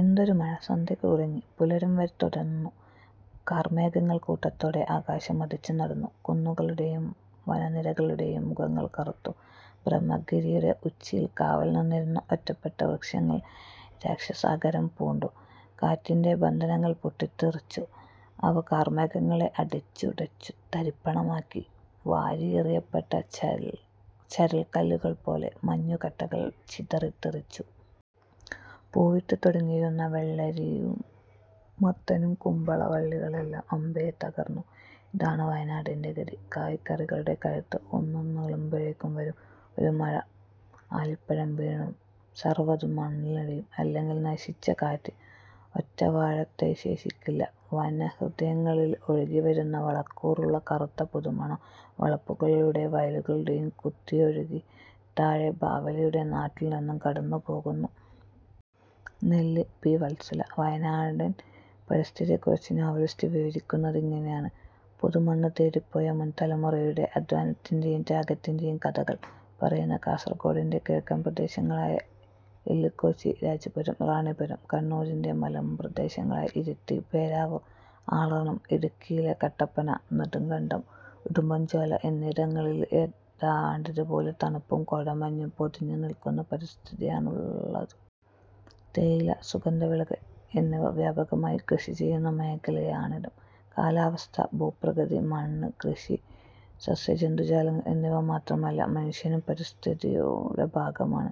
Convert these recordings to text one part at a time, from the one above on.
എന്തൊരു മഴ! സന്ധ്യക്കു തുടങ്ങി പുലരും വരെ തുടർന്നു. കാർമേഘങ്ങൾ കൂട്ടത്തോടെ ആകാശത്തു മദിച്ചു നടന്നു. കുന്നുകളുടെയും വനനിരകളുടെയും മുഖങ്ങൾ കറുത്തു. ബ്രഹ്മഗിരിയുടെ ഉച്ചിയിൽ കാവൽ നിന്നിരുന്ന ഒറ്റപ്പെട്ട വൃക്ഷങ്ങൾ രാക്ഷസാകാരം പൂണ്ടു. കാറ്റിന്റെ ബന്ധനങ്ങൾ പൊട്ടിത്തെറിച്ചു. അവ കാർമേഘങ്ങളെ അടിച്ചുടച്ചു തരിപ്പണമാക്കി. വാരിയെറിയപ്പെട്ട ചരൽക്കല്ലുകൾപോലെ, മഞ്ഞുകട്ടകൾ ചിതറിത്തെറിച്ചു. പൂവിട്ടു തുടങ്ങിയിരുന്ന വെള്ളരിയും മത്തനും കുമ്പള വള്ളികളുമെല്ലാം അമ്പേ തകർന്നു.... ഇതാണ് വയനാടിന്റെ ഗതി. കായ്കറികളുടെ കഴുത്ത് ഒന്നു നീളുമ്പോഴേക്കും വരും, ഒരു മഴ ആലിപ്പഴം വീണു സർവതും മണ്ണടിയും. അല്ലെങ്കിൽ നശിച്ച കാറ്റ്! ഒറ്റ വാഴത്തൈ ശേഷിക്കില്ല. വനഹൃദയങ്ങളിൽനിന്ന് ഒഴുകിവരുന്ന വളക്കൂറുള്ള കറുത്ത പുതുവെള്ളം വളപ്പുകളിലൂടെ, വയലുകളിലൂടെ കുത്തിയൊഴുകി താഴെ ബാവലിയിലൂടെ നാട്ടിൽനിന്നു കടന്നുപോകുന്നു. നെല്ല്, പി. വത്സല. വയനാടൻ പരിസ്ഥിതിയെക്കുറിച്ച് നോവലിസ്റ്റ് വിവരിക്കുന്നത് ഇങ്ങനെയാണ്. പുതുമണ്ണുതേടിപ്പോയ മുൻതലമുറയുടെ അധ്വാനത്തിന്റെയും ത്യാഗത്തിന്റെയും കഥകൾ പറയുന്ന കാസർകോടിന്റെ കിഴക്കൻ പ്രദേശങ്ങളായ എല്ലുകോച്ചി, രാജപുരം, റാണിപുരം, കണ്ണൂരിന്റെ മലമ്പ്രദേശങ്ങളായ ഇരിട്ടി, പേരാവൂർ, ആറളം, ഇടുക്കിയിലെ കട്ടപ്പന, നെടുങ്കണ്ടം, ഉടുമ്പഞ്ചോല എന്നിവിടങ്ങളിലൊക്കെ ഏതാണ്ടിതുപോലെ തണുപ്പും കോടമഞ്ഞും പൊതിഞ്ഞുനിൽക്കുന്ന പരിസ്ഥിതിയാണുള്ളത്. തേയില, സുഗന്ധവിളകൾ എന്നിവ വ്യാപകമായി കൃഷിചെയ്യുന്ന മേഖലയാണിവിടം. കാലാവസ്ഥ, ഭൂപ്രകൃതി, മണ്ണ്, കൃഷി, സസ്യജന്തുജാലങ്ങൾ എന്നിവ മാത്രമല്ല, മനുഷ്യനും പരിസ്ഥിതിയുടെ ഭാഗമാണ്.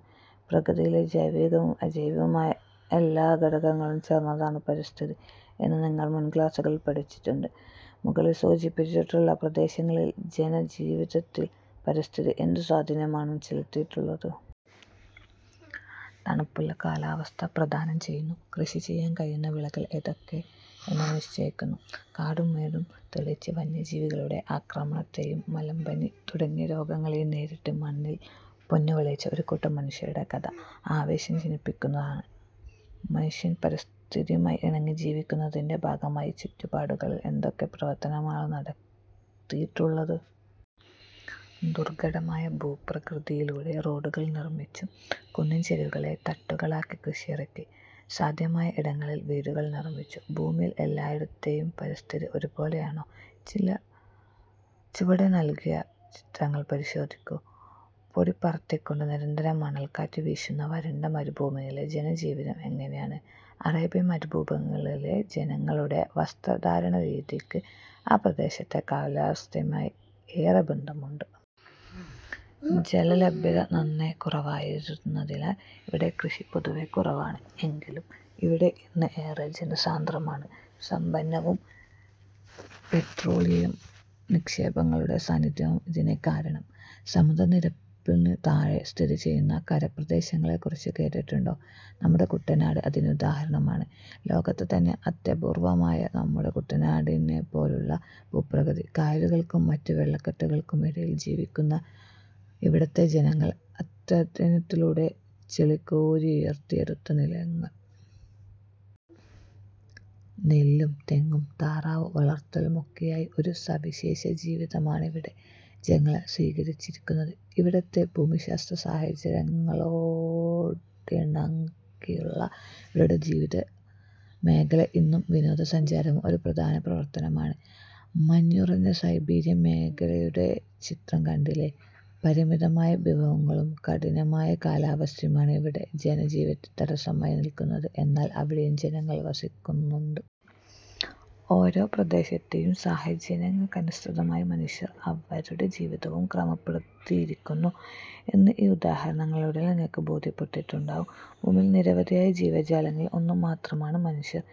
പ്രകൃതിയിലെ ജൈവികവും അജൈവികവുമായ എല്ലാ ഘടകങ്ങളും ചേർന്നതാണ് പരിസ്ഥിതി എന്നു നിങ്ങൾ മുൻക്ലാസുകളിൽ പഠിച്ചിട്ടുണ്ട്. മുകളിൽ സൂചിപ്പിച്ചിട്ടുള്ള പ്രദേശങ്ങളിലെ ജനജീവിതത്തിൽ പരിസ്ഥിതി എന്തു സ്വാധീനമാണ് ചെലുത്തിയിട്ടുള്ളത്? തണുപ്പുള്ള കാലാവസ്ഥ പ്രദാനം ചെയ്യുന്നു. കൃഷിചെയ്യാൻ കഴിയുന്ന വിളകൾ ഏതൊക്കെ എന്നു നിശ്ചയിക്കുന്നു. കാടും മേടും തെളിച്ച് വന്യജീവികളുടെ ആക്രമണത്തെയും മലമ്പനി തുടങ്ങിയ രോഗങ്ങളെയും നേരിട്ട് മണ്ണിൽ പൊന്നുവിളയിച്ച ഒരു കൂട്ടം മനുഷ്യരുടെ കഥ ആവേശം ജനിപ്പിക്കുന്നതാണ്. മനുഷ്യൻ പരിസ്ഥിതിയുമായി ഇണങ്ങി ജീവിക്കുന്നതിന്റെ ഭാഗമായി ചുറ്റുപാടുകളിൽ എന്തൊക്കെ പ്രവർത്തനങ്ങളാണ് നടത്തിയിട്ടുള്ളത്? ദുർഘടമായ ഭൂപ്രകൃതിയിലൂടെ റോഡുകൾ നിർമിച്ചു. കുന്നിൻചരിവുകളെ തട്ടുകളാക്കി കൃഷിയിറക്കി. സാധ്യമായ ഇടങ്ങളിൽ വീടുകൾ നിർമിച്ചു. ഭൂമിയിൽ എല്ലായിടത്തെയും പരിസ്ഥിതി ഒരുപോലെയാണോ? ചുവടെ നൽകിയ ചിത്രങ്ങൾ പരിശോധിക്കൂ. പൊടി പറത്തിക്കൊണ്ട് നിരന്തരം മണൽക്കാറ്റു വീശുന്ന വരണ്ട മരുഭൂമികളിലെ ജനജീവിതം എങ്ങനെയാണ്? അറേബ്യൻ മരുപ്രദേശങ്ങളിലെ ജനങ്ങളുടെ വസ്ത്രധാരണരീതിക്ക് ആ പ്രദേശത്തെ കാലാവസ്ഥയുമായി ഏറെ ബന്ധമുണ്ട്. ജലലഭ്യത നന്നേ കുറവായിരുന്നതിനാൽ ഇവിടെ കൃഷി പൊതുവെ കുറവാണ്. എങ്കിലും ഇവിടം ഇന്ന് ഏറെ ജനസാന്ദ്രമാണ്; സമ്പന്നവും. പെട്രോളിയം നിക്ഷേപങ്ങളുടെ സാന്നിധ്യമാണ് ഇതിനു കാരണം. സമുദ്രനിരപ്പിനും താഴെ സ്ഥിതിചെയ്യുന്ന കരപ്രദേശങ്ങളെക്കുറിച്ച് കേട്ടിട്ടുണ്ടോ? നമ്മുടെ കുട്ടനാട് അതിനുദാഹരണമാണ്. ലോകത്തുതന്നെ അത്യ പൂർവമാണ് നമ്മുടെ കുട്ടനാടിന്റേതുപോലുള്ള ഭൂപ്രകൃതി. കായലുകൾക്കും മറ്റു വെള്ളക്കെട്ടുകൾക്കും ഇടയിൽ ജീവിക്കുന്ന ഇവിടത്തെ ജനങ്ങൾ അത്യധ്വാനത്തിലൂടെ ചെളികോരി ഉയർത്തിയെടുത്ത നിലങ്ങൾ. നെല്ലും തെങ്ങും താറാവു വളർത്തലുമൊക്കെയായി ഒരു സവിശേഷ ജീവിതമാണിവിടെ ജനങ്ങൾ സ്വീകരിച്ചിരിക്കുന്നത്. ഇവിടത്തെ ഭൂമിശാസ്ത്രസാഹചര്യങ്ങളോടിണങ്ങിയുള്ള ഇവരുടെ ജീവിതമേഖലയിൽ ഇന്ന് വിനോദസഞ്ചാരവും ഒരു പ്രധാന പ്രവർത്തനമാണ്. മഞ്ഞുറഞ്ഞ സൈബീരിയൻ മേഖലയുടെ ചിത്രം കണ്ടില്ലേ. പരിമിതമായ വിഭവങ്ങളും കഠിനമായ കാലാവസ്ഥയുമാണ് ഇവിടെ ജനജീവിതത്തിന് തടസ്സമായി നിൽക്കുന്നത്. എന്നാൽ അവിടെയും ജനങ്ങൾ വസിക്കുന്നുണ്ട്. ഓരോ പ്രദേശത്തെയും സാഹചര്യങ്ങൾക്കനുസൃതമായി മനുഷ്യർ അവരുടെ ജീവിതവും ക്രമപ്പെടുത്തിയിരിക്കുന്നു എന്ന് ഈ ഉദാഹരണങ്ങളിലൂടെ നിങ്ങൾക്ക് ബോധ്യമായിട്ടുണ്ടാകും. ഭൂമിയിലെ നിരവധിയായ ജീവജാലങ്ങളിൽ ഒന്നുമാത്രമാണ് മനുഷ്യൻ.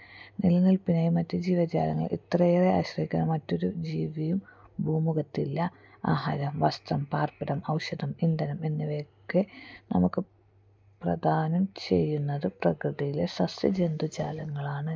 നില നിൽപ്പിനായി മറ്റു ജീവജാലങ്ങളെ ഇത്രയേറെ ആശ്രയിക്കുന്ന മറ്റൊരു ജീവിയും ഭൂമുഖത്തില്ല. ആഹാരം, വസ്ത്രം, പാർപ്പിടം, ഔഷധം, ഇന്ധനം എന്നിവയൊക്കെ നമുക്ക് പ്രദാനം ചെയ്യുന്നത് പ്രകൃതിയിലെ സസ്യജന്തു ജാലങ്ങളാണ്.